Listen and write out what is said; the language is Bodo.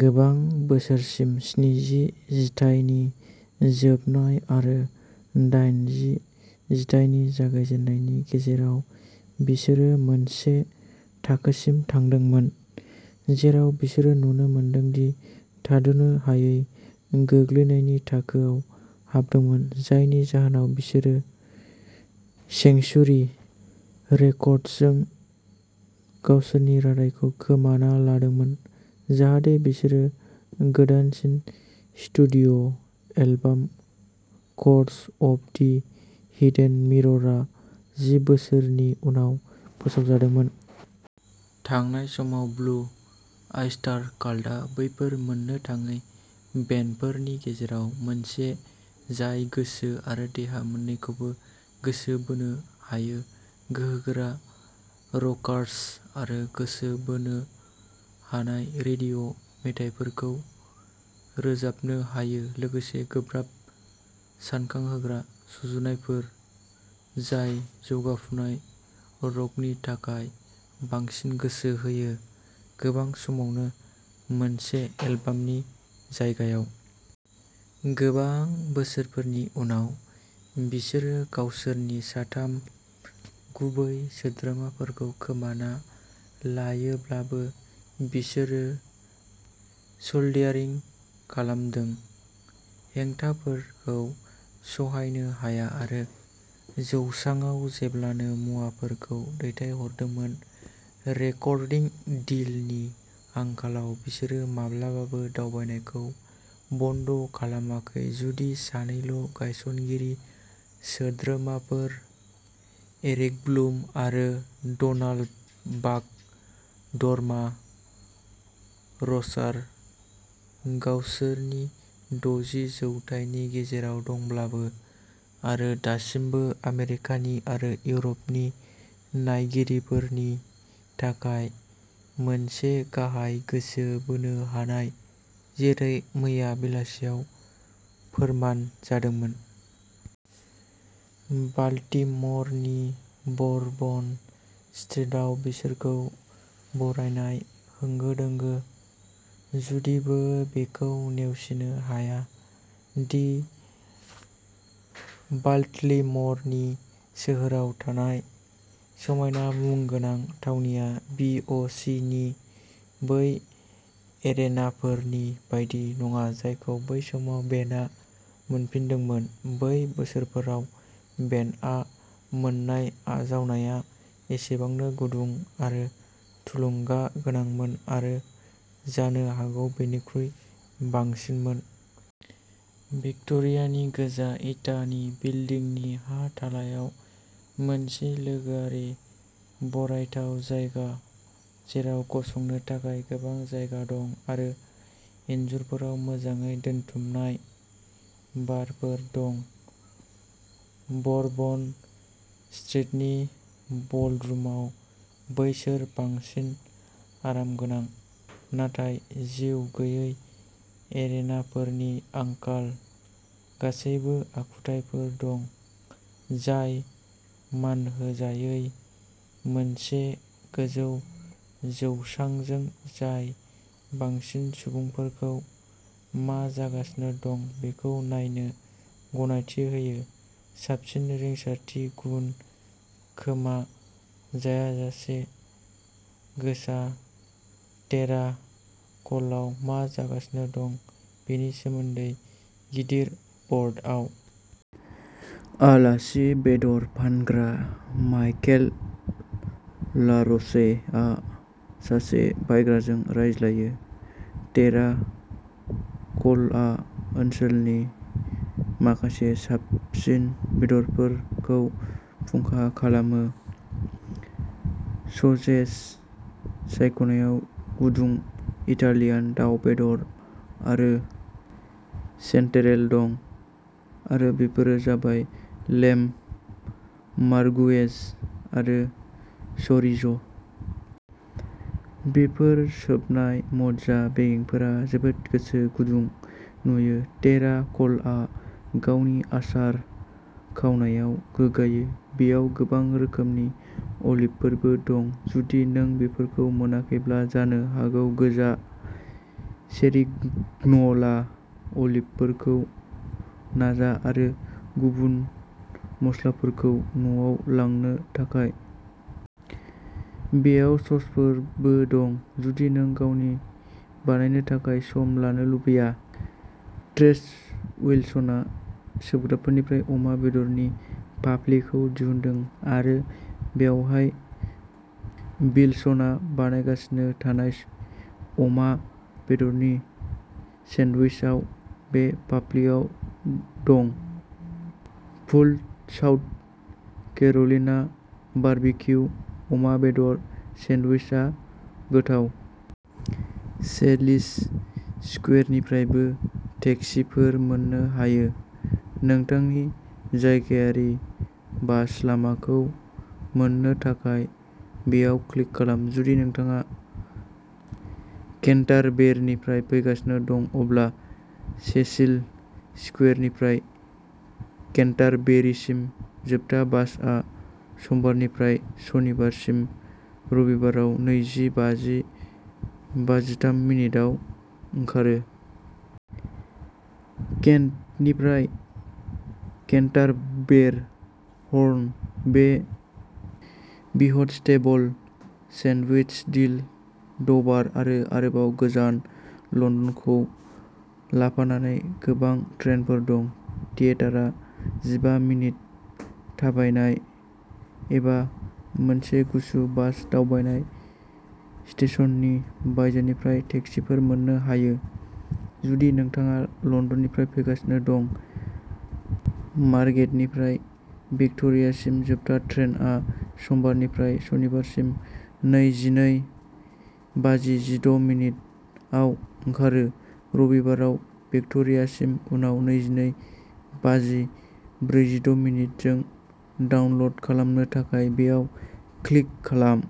गोबां बोसोरसिम स्निजि जिथाइनि जोबनाय आरो दाइनजि जिथाइनि जागायजेन्नायनि गेजेराव बिसोरो मोनसे थाखोसिम थांदोंमोन जेराव बिसोरो नुनो मोनदों दि थाद'नो हायै गोग्लैनायनि थाखोआव हाबदोंमोन। जायनि जाहोनाव बिसोरो सेंक्सुरि रेकर्डसजों गावसोरनि रादाइखौ खोमाना लादोंमोन जाहाथे बिसोरो गोदानसिन studio' album course of the hidden मिररआ जि बोसोरनि उनाव फोसावजादोंमोन। थांनाय समाव ब्लु ऑयस्टार काल्टआ बैफोर मोननो थाङै बेन्डफोरनि गेजेराव मोनसे जाय गोसो आरो देहा मोननैखौबो गोसो बोनो हायो गोहोगोरा रकार्स आरो गोसो बोनो हानाय रेडिय' मेथाइफोरखौ रोजाबनो हायो लोगोसे गोब्राब सानखांहोग्रा सुजुनायफोर जाय जौगाफुनाय र'कनि थाखाय बांसिन गोसो होयो गोबां समावनो मोनसे एलबामनि जायगायाव। गोबां बोसोरफोरनि उनाव बिसोरो गावसोरनि साथाम गुबै सोद्रोमाफोरखौ खोमाना लायोब्लाबो बिसोरो सोल्डियारिं खालामदों हेंथाफोरखौ सहायनो हाया आरो जौसाङाव जेब्लानो मुवाफोरखौ दैथायहरदोंमोन रेकर्डिं डिलनि आंखालाव बिसोरो माब्लाबाबो दावबायनायखौ बन्द खालामाखै जुदि सानैल' गायसनगिरि सोद्रोमाफोर एरिकब्लुम आरो डनाल्ड "बाक धर्मा" र'सार गावसोरनि दजि जौथायनि गेजेराव दंब्लाबो आरो दासिमबो आमेरिकानि आरो इउर'पनि नायगिरिफोरनि थाखाय मोनसे गाहाय गोसो बोनो हानाय जेरै मैया बेलासियाव फोरमान जादोंमोन। बाल्टिम'रनि ब'रबन स्ट्रिटआव बिसोरखौ बरायनाय होंगो-दोंगो। जुदिबो बेखौ नेवसिनो हाया दि बाल्टिम'रनि सोहोराव थानाय समायना मुं गोनां थावनिया बि. अ. सि. नि बै एरेनाफोरनि बायदि नङा जायखौ बै समाव बेन्डआ मोनफिनदोंमोन। बै बोसोरफोराव बेन्डआ मोननाय आजावनाया एसेबांनो गुदुं आरो थुलुंगागोनांमोन आरो जानो हागौ बेनिख्रुइ बांसिनमोन। भिक्ट'रियानि गोजा इटानि बिल्डिंनि हा थालायाव मोनसे लोगोआरि बरायथाव जायगा जेराव गसंनो थाखाय गोबां जायगा दं आरो इनजुरफोराव मोजाङै दोनथुमनाय बारफोर दं ब'रबन स्ट्रिटनि बलरुमाव बैसोर बांसिन आरामगोनां नाथाय जिउ गैयै एरेनाफोरनि आंखाल गासैबो आखुथायफोर दं जाय मानहोजायै मोनसे गोजौ जौसांजों जाय बांसिन सुबुंफोरखौ मा जागासिनो दं बेखौ नायनो गनायथि होयो साबसिन रिंसारथि गुन खोमा जायाजासे गोसा टेरा क'लआव मा जागासिनो दं बेनि सोमोन्दै गिदिर बर्डआव। आलासि बेदर फानग्रा माइकेल लार'चे आ सासे बायग्राजों रायज्लायो। टेरा क'लआ ओनसोलनि माखासे साबसिन बेदरफोरखौ फुंखा खालामो। ससेज सायख'नायाव गुदुं इटालियान दाव बेदर आरो चेन्टेरेल दं आरो बेफोरो जाबाय लेम्ब मार्गुएज आरो च'रिज'। बेफोर सोबनाय मज्जा बेगेंफोरा जोबोद गोसो गुदुं नुयो। टेरा क'लआ गावनि आसार-खावनायाव गोग्गायो। बेयाव गोबां रोखोमनि अलिभफोरबो दं। जुदि नों बेफोरखौ मोनाखैब्ला जानो हागौ गोजा सेरिग्न'ला अलिभफोरखौ नाजा। आरो गुबुन मस्लाफोरखौ न'आव लांनो थाखाय। बेयाव ससफोरबो दं जुदि नों गावनि बानायनो थाखाय सम लानो लुबैया। ट्रेस उइलसनआ सोबग्राफोरनिफ्राय अमा बेदरनि फाफ्लिखौ दिहुनदों। आरो बेवहाय विल्सनआ बानायगासिनो थानाय अमा बेदरनि सेन्डविचआव बे फाफ्लिआव दं। "पुल्ड साउथ केर'लिना बारबिक्यु अमा बेदर" सेन्डविचआ गोथाव। सेलिस स्कुवेरनिफ्रायबो टेक्सिफोर मोननो हायो। नोंथांनि जायगायारि बास लामाखौ मोननो थाखाय बेयाव क्लिक खालाम। जुदि नोंथाङा केन्टारबेरनिफ्राय फैगासिनो दं अब्ला सेसिल स्कुवेरनिफ्राय केन्टारबेरिसिम जोबथा बासआ समबारनिफ्राय सनिबारसिम रबिबाराव नैजि बाजि बाजिथाम मिनिटआव ओंखारो। केन्टनिफ्राय केन्टारबेर, हर्न बे, व्हिटस्टेबुल, सेन्डविच, डील, डभार आरो आरोबाव गोजान लन्दनखौ लाफानानै गोबां ट्रेनफोर दं। थियेटारा जिबा मिनिट थाबायनाय एबा मोनसे गुसु बास दावबायनाय, स्टेशननि बायजोनिफ्राय टेक्सिफोर मोननो हायो। जुदि नोंथाङा लन्दननिफ्राय फैगासिनो दं मार्गेटनिफ्राय भिक्ट'रियासिम जोबथा ट्रेनआ समबारनिफ्राय सनिबारसिम नैजिनै बाजि जिद' मिनिट आव ओंखारो, रबिबाराव भिक्ट'रियासिम उनाव नैजिनै बाजि ब्रैजिद' मिनिट जों डाउनल'ड खालामनो थाखाय बेयाव क्लिक खालाम।